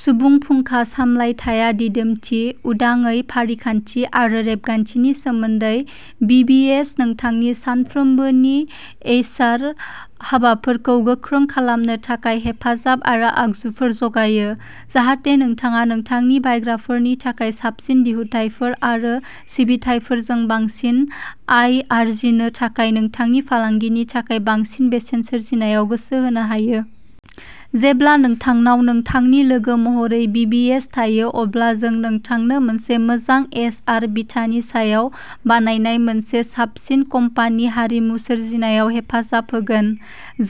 सुबुं फुंखा सामलायथाया दिदोमथि, उदाङै, फारिखान्थि आरो रेबगान्थिनि सोमोन्दै। बिबिएसआ नोंथांनि सानफ्रोमबोनि एइचआर हाबाफोरखौ गोख्रों खालामनो थाखाय हेफाजाब आरो आगजुफोर जगायो जाहाथे नोंथाङा नोंथांनि बायग्राफोरनि थाखाय साबसिन दिहुनथायफोर आरो सिबिथाइफोरजों बांसिन आय आर्जिनो थाखाय नोंथांनि फालांगिनि थाखाय बांसिन बेसेन सोरजिनायाव गोसो होनो हायो। जेब्ला नोंथांनाव नोंथांनि लोगो महरै बिबिएस थायो, अब्ला जों नोंथांनो मोनसे मोजां एचआर बिथानि सायाव बानायनाय मोनसे साबसिन कम्पानि हारिमु सोरजिनायाव हेफाजाब होगोन,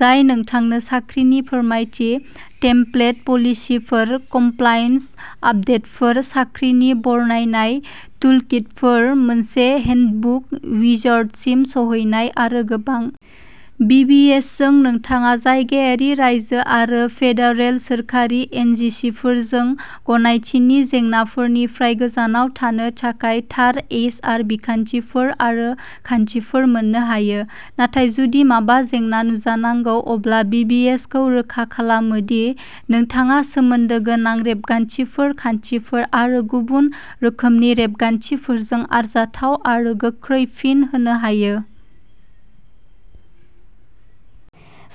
जाय नोंथांनो साख्रिनि फोरमायथि, टेमप्लेट पलिसिफोर, कमप्लायन्स आपदेटफोर, साख्रिनि बरनायनाय, टुलकिटफोर, मोनसे हेन्डबुक विजार्डसिम सौहैनाय आरो गोबां। बिबिएसजों, नोंथाङा जायगायारि, रायजो आरो फेडारेल सोरखारि एजेन्सिफोरजों गनायथिनि जेंनाफोरनिफ्राय गोजानाव थानो थाखाय थार एइचआर बिखान्थिफोर आरो खान्थिफोर मोननो हायो। नाथाय जुदि माबा जेंना नुजानांगौ, अब्ला बिबिएसआ रोखा खालामो दि नोंथाङा सोमोन्दो गोनां रेबगान्थिफोर, खान्थिफोर आरो गुबुन रोखोमनि रेबगान्थिफोरजों आरजाथाव आरो गोख्रै फिन होनो हायो।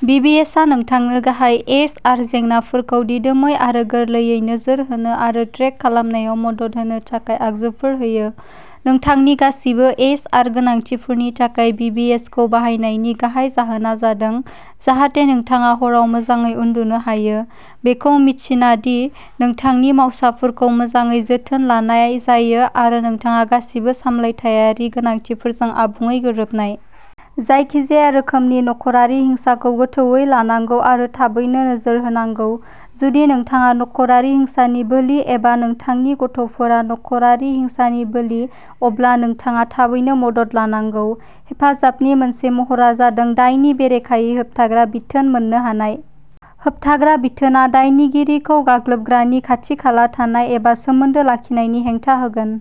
बिबिएसआ नोंथांनो गाहाय एइचआर जेंनाफोरखौ दिदोमै आरो गोरलैयै नोजोर होनो आरो ट्रेक खालामनायाव मदद होनो थाखाय आगजुफोर होयो। नोंथांनि गासिबो एइचआर गोनांथिफोरनि थाखाय बिबिएसखौ बाहायनायनि गाहाय जाहोना जादों जाहाथे नोंथाङा हराव मोजाङै उन्दुनो हायो, बेखौ मिन्थिना दि नोंथांनि मावसाफोरखौ मोजाङै जोथोन लानाय जायो आरो नोंथाङा गासिबो सामलायथायारि गोनांथिफोरजों आबुङै गोरोबनाय। जायखिजाया रोखोमनि नख'रारि हिंसाखौ गोथौवै लानांगौ आरो थाबैनो नोजोर होनांगौ। जुदि नोंथाङा नख'रारि हिंसानि बोलि एबा नोंथांनि गथ'फोरा नख'रारि हिंसानि बोलि, अब्ला नोंथाङा थाबैनो मदद लानांगौ। हेफाजाबनि मोनसे महरआ जादों दायनि बेरेखायै होबथाग्रा बिथोन मोन्नो हानाय। होबथाग्रा बिथोनआ दायनिगिरिखौ गाग्लोबग्रानि खाथि-खाला थानाय एबा सोमोन्दो लाखिनायनि हेंथा होगोन।